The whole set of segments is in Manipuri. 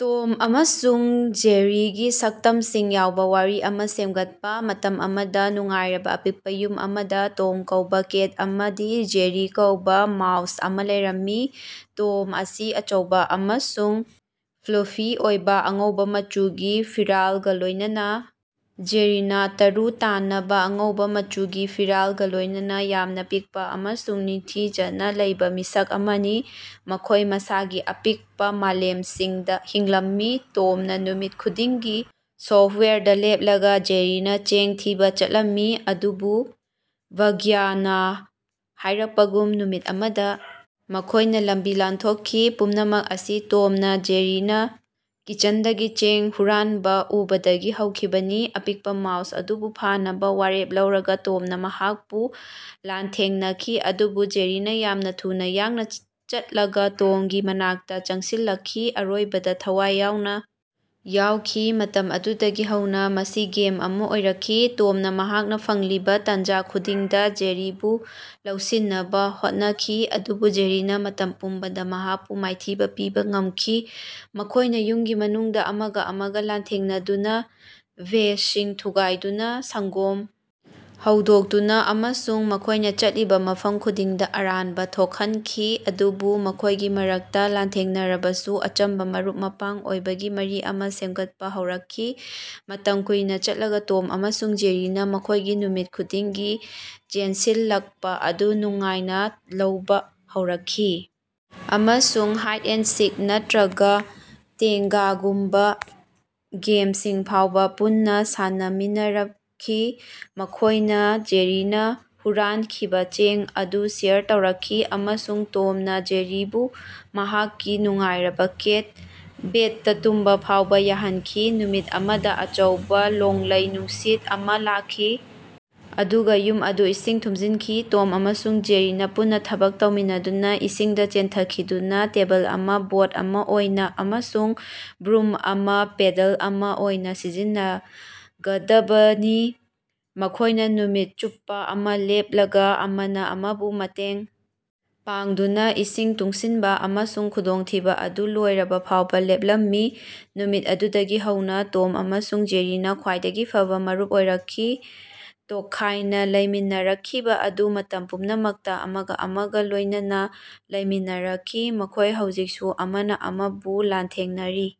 ꯇꯣꯝ ꯑꯃꯁꯨꯡ ꯖꯦꯔꯤꯒꯤ ꯁꯛꯇꯝꯁꯤꯡ ꯌꯥꯎꯕ ꯋꯥꯔꯤ ꯑꯃꯥ ꯁꯦꯝꯒꯠꯄ꯫ ꯃꯇꯝ ꯑꯃꯗꯥ ꯅꯨꯡꯉꯥꯏꯔꯕ ꯑꯄꯤꯛꯄ ꯌꯨꯝ ꯑꯃꯗꯥ ꯇꯣꯝ ꯀꯧꯕꯥ ꯀꯦꯠ ꯑꯃꯗꯤ ꯖꯦꯔꯤ ꯀꯧꯕ ꯃꯥꯎꯁ ꯑꯃꯥ ꯂꯩꯔꯝꯃꯤ꯫ ꯇꯣꯝ ꯑꯁꯤ ꯑꯆꯧꯕ ꯑꯃꯁꯨꯡ ꯐ꯭ꯂꯨꯐꯤ ꯑꯣꯏꯕ ꯑꯉꯧꯕ ꯃꯆꯨꯒꯤ ꯐꯤꯔꯥꯜꯒ ꯂꯣꯏꯅꯅꯥ ꯖꯦꯔꯤꯅꯥ ꯇꯔꯨ ꯇꯥꯟꯅꯕ ꯑꯉꯧꯕ ꯃꯆꯨꯒꯤ ꯐꯤꯔꯥꯜꯒ ꯂꯣꯏꯅꯅꯥ ꯌꯥꯝꯅ ꯄꯤꯛꯄ ꯑꯃꯁꯨꯡ ꯅꯤꯡꯊꯤꯖꯅ ꯂꯩꯕ ꯃꯤꯁꯛ ꯑꯃꯅꯤ꯫ ꯃꯈꯣꯏ ꯃꯁꯥꯒꯤ ꯑꯄꯤꯛꯄꯥ ꯃꯥꯂꯦꯝꯁꯤꯡꯗꯥ ꯍꯤꯡꯂꯝꯃꯤ, ꯇꯣꯝꯅ ꯅꯨꯃꯤꯠ ꯈꯨꯗꯤꯡꯒꯤ ꯁꯣꯐ꯭ꯇꯋꯥꯌꯔꯗꯥ ꯂꯦꯞꯂꯒ ꯖꯦꯔꯤꯅꯥ ꯆꯦꯡ ꯊꯤꯕꯥ ꯆꯠꯂꯝꯃꯤ꯫ ꯑꯗꯨꯕꯨ ꯚꯥꯒ꯭ꯌꯅꯥ ꯍꯥꯏꯔꯛꯄꯒꯨꯝ ꯅꯨꯃꯤꯠ ꯑꯃꯗꯥ ꯃꯈꯣꯏꯅ ꯂꯝꯕꯤ ꯂꯥꯟꯊꯣꯛꯈꯤ꯫ ꯄꯨꯝꯅꯃꯛ ꯑꯁꯤ ꯇꯣꯝꯅ ꯖꯦꯔꯤꯅꯥ ꯀꯤꯆꯟꯗꯒꯤ ꯆꯦꯡ ꯍꯨꯔꯥꯟꯕ ꯎꯕꯗꯒꯤ ꯍꯧꯈꯤꯕꯅꯤ꯫ ꯑꯄꯤꯛꯄ ꯃꯥꯎꯁ ꯑꯗꯨꯕꯨ ꯐꯥꯅꯕꯥ ꯋꯥꯔꯦꯞ ꯂꯧꯔꯒꯥ ꯇꯣꯝꯅ ꯃꯍꯥꯛꯄꯨ ꯂꯥꯟꯊꯦꯡꯅꯈꯤ ꯑꯗꯨꯕꯨ ꯖꯦꯔꯤꯅꯥ ꯌꯥꯝꯅ ꯊꯨꯅ ꯌꯥꯡꯅ ꯆꯠꯂꯒ ꯇꯣꯝꯒꯤ ꯃꯅꯥꯛꯇꯥ ꯆꯪꯁꯤꯜꯂꯛꯈꯤ, ꯑꯔꯣꯏꯕꯗꯥ ꯊꯋꯥꯏ ꯌꯥꯎꯅ ꯌꯥꯎꯈꯤ꯫ ꯃꯇꯝ ꯑꯗꯨꯗꯒꯤ ꯍꯧꯅꯥ ꯃꯁꯤ ꯒꯦꯝ ꯑꯃꯥ ꯑꯣꯏꯔꯛꯈꯤ, ꯇꯣꯝꯅ ꯃꯍꯥꯛꯅꯥ ꯐꯪꯂꯤꯕꯥ ꯇꯥꯟꯖꯥ ꯈꯨꯗꯤꯡꯗ ꯖꯦꯔꯤꯕꯨ ꯂꯧꯁꯤꯟꯅꯕ ꯍꯣꯠꯅꯈꯤ, ꯑꯗꯨꯕꯨ ꯖꯦꯔꯤꯅꯥ ꯃꯇꯝ ꯄꯨꯝꯕꯗꯥ ꯃꯍꯥꯛꯄꯨ ꯃꯥꯏꯊꯤꯕ ꯄꯤꯕ ꯉꯝꯈꯤ꯫ ꯃꯈꯣꯏꯅ ꯌꯨꯝꯒꯤ ꯃꯅꯨꯡꯗ ꯑꯃꯒꯥ ꯑꯃꯒꯥ ꯂꯥꯟꯊꯦꯡꯅꯗꯨꯅꯥ, ꯚꯦꯖꯁꯤꯡ ꯊꯨꯒꯥꯏꯗꯨꯅꯥ, ꯁꯪ꯭ꯒꯣꯝ ꯍꯩꯗꯣꯛꯇꯨꯅꯥ ꯑꯃꯁꯨꯡ ꯃꯈꯣꯏꯅ ꯆꯠꯂꯤꯕ ꯃꯐꯝ ꯈꯨꯗꯤꯡꯗꯥ ꯑꯔꯥꯟꯕ ꯊꯣꯛꯍꯟꯈꯤ꯫ ꯑꯗꯨꯕꯨ ꯃꯈꯣꯏꯒꯤ ꯃꯔꯛꯇꯥ ꯂꯥꯟꯊꯦꯡꯅꯔꯕꯁꯨ ꯑꯆꯝꯕꯥ ꯃꯔꯨꯞ-ꯃꯄꯥꯡ ꯑꯣꯏꯕꯒꯤ ꯃꯔꯤ ꯑꯃꯥ ꯁꯦꯝꯒꯠꯄ ꯍꯧꯔꯛꯈꯤ꯫ ꯃꯇꯝ ꯀꯨꯏꯅꯥ ꯆꯠꯂꯒꯥ ꯇꯣꯝ ꯑꯃꯁꯨꯡ ꯖꯦꯔꯤꯅꯥ ꯃꯈꯣꯏꯒꯤ ꯅꯨꯃꯤꯠ ꯈꯨꯗꯤꯡꯒꯤ ꯆꯦꯟꯁꯤꯜꯂꯛꯄꯥ ꯑꯗꯨ ꯅꯨꯡꯉꯥꯏꯅꯥ ꯂꯧꯕ ꯍꯧꯔꯛꯈꯤ, ꯑꯃꯁꯨꯡ ꯍꯥꯏꯠ ꯑꯦꯟ ꯁꯤꯛ, ꯅꯠꯇ꯭ꯔꯒ ꯇꯦꯒꯒꯨꯝꯕꯥ ꯒꯦꯃꯁꯤꯡ ꯐꯥꯎꯕ ꯄꯨꯟꯅꯥ ꯁꯥꯟꯅꯃꯤꯟꯅꯔꯛꯈꯤ꯫ ꯃꯈꯣꯏꯅ ꯖꯦꯔꯤꯅꯥ ꯍꯨꯔꯥꯟꯈꯤꯕꯥ ꯆꯦꯡ ꯑꯗꯨ ꯁꯦꯌꯔ ꯇꯧꯔꯛꯈꯤ, ꯑꯃꯁꯨꯡ ꯇꯣꯝꯅ ꯖꯦꯔꯤꯕꯨ ꯃꯍꯥꯛꯀꯤ ꯅꯨꯡꯉꯥꯏꯔꯕꯥ ꯀꯦꯠ ꯕꯦꯗꯇꯥ ꯇꯨꯝꯕ ꯐꯥꯎꯕ ꯌꯥꯍꯟꯈꯤ꯫ ꯅꯨꯃꯤꯠ ꯑꯃꯗꯥ ꯑꯆꯧꯕ ꯅꯣꯡꯂꯩ-ꯅꯨꯡꯁꯤꯠ ꯑꯃꯥ ꯂꯥꯛꯈꯤ, ꯑꯗꯨꯒꯥ ꯌꯨꯝ ꯑꯗꯨ ꯏꯁꯤꯡ ꯊꯨꯝꯖꯤꯟꯈꯤ꯫ ꯇꯣꯝ ꯑꯃꯁꯨꯡ ꯖꯦꯔꯤꯅꯥ ꯄꯨꯟꯅꯥ ꯊꯕꯛ ꯇꯧꯃꯤꯟꯅꯗꯨꯅꯥ ꯏꯁꯤꯡꯗꯥ ꯆꯦꯟꯊꯈꯤꯗꯨꯅꯥ ꯇꯦꯕꯜ ꯑꯃꯥ ꯕꯣꯠ ꯑꯃꯥ ꯑꯣꯏꯅ ꯑꯃꯁꯨꯡ ꯕ꯭ꯔꯨꯝ ꯑꯃꯥ ꯄꯦꯗꯜ ꯑꯃꯥ ꯑꯣꯏꯅ ꯁꯤꯖꯤꯟꯅꯒꯗꯕꯅꯤ꯫ ꯃꯈꯣꯏꯅ ꯅꯨꯃꯤꯠ ꯆꯨꯞꯄꯥ ꯑꯃꯥ ꯂꯦꯞꯂꯒꯥ ꯑꯃꯅꯥ ꯑꯃꯕꯨ ꯃꯇꯦꯡ ꯄꯥꯡꯗꯨꯅꯥ ꯏꯁꯤꯡ ꯇꯨꯡꯁꯤꯟꯕ ꯑꯃꯁꯨꯡ ꯈꯨꯗꯣꯡꯊꯤꯕꯥ ꯑꯗꯨ ꯂꯣꯏꯔꯕꯥ ꯐꯥꯎꯕ ꯂꯦꯞꯂꯝꯃꯤ꯫ ꯅꯨꯃꯤꯠ ꯑꯗꯨꯗꯒꯤ ꯍꯧꯅꯥ ꯇꯣꯝ ꯑꯃꯁꯨꯡ ꯖꯦꯔꯤꯅꯥ ꯈ꯭ꯋꯥꯏꯗꯒꯤ ꯐꯕꯥ ꯃꯔꯨꯞ ꯑꯣꯏꯔꯛꯈꯤ, ꯇꯣꯈꯥꯏꯅꯥ ꯂꯩꯃꯤꯟꯅꯔꯛꯈꯤꯕ ꯑꯗꯨ ꯃꯇꯝ ꯄꯨꯝꯅꯃꯛꯇꯥ ꯑꯃꯒꯥ ꯑꯃꯒꯥ ꯂꯣꯏꯅꯅꯥ ꯂꯩꯃꯤꯟꯅꯔꯛꯈꯤ꯫ ꯃꯈꯣꯏ ꯍꯧꯖꯤꯛꯁꯨ ꯑꯃꯅꯥ ꯑꯃꯕꯨ ꯂꯥꯟꯊꯦꯡꯅꯔꯤ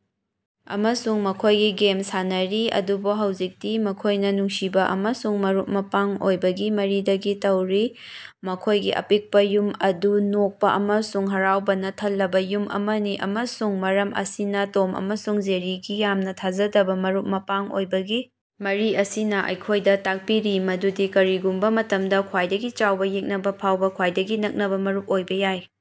ꯑꯃꯁꯨꯡ ꯃꯈꯣꯏꯒꯤ ꯒꯦꯝ ꯁꯥꯟꯅꯔꯤ, ꯑꯗꯨꯕꯨ ꯍꯧꯖꯤꯛꯇꯤ ꯃꯈꯣꯏꯅꯥ ꯅꯨꯡꯁꯤꯕꯥ ꯑꯃꯁꯨꯡ ꯃꯔꯨꯞ-ꯃꯄꯥꯡ ꯑꯣꯏꯕꯒꯤ ꯃꯔꯤꯗꯒꯤ ꯇꯧꯔꯤ, ꯃꯈꯣꯌꯒꯤ ꯑꯄꯤꯛꯄꯥ ꯌꯨꯝ ꯑꯗꯨ ꯅꯣꯛꯄꯥ ꯑꯃꯁꯨꯡ ꯍꯔꯥꯎꯕꯅ ꯊꯜꯂꯕ ꯌꯨꯝ ꯑꯃꯅꯤ꯫ ꯑꯃꯁꯨꯡ ꯃꯔꯝ ꯑꯁꯤꯅ, ꯇꯣꯝ ꯑꯃꯁꯨꯡ ꯖꯦꯔꯤꯒꯤ ꯌꯥꯝꯅ ꯊꯥꯖꯗꯕꯥ ꯃꯔꯨꯞ-ꯃꯄꯥꯡ ꯑꯣꯏꯕꯒꯤ ꯃꯔꯤ ꯑꯁꯤꯅ ꯑꯩꯈꯣꯏꯗ ꯇꯥꯛꯄꯤꯔꯤ ꯃꯗꯨꯗꯤ ꯀꯔꯤꯒꯨꯝꯕ ꯃꯇꯝꯗꯥ, ꯈ꯭ꯋꯥꯏꯗꯒꯤ ꯆꯥꯎꯕ ꯌꯦꯛꯅꯕ ꯐꯥꯎꯕ, ꯈ꯭ꯋꯥꯏꯗꯒꯤ ꯅꯛꯅꯕꯥ ꯃꯔꯨꯞ ꯑꯣꯏꯕ ꯌꯥꯏ꯫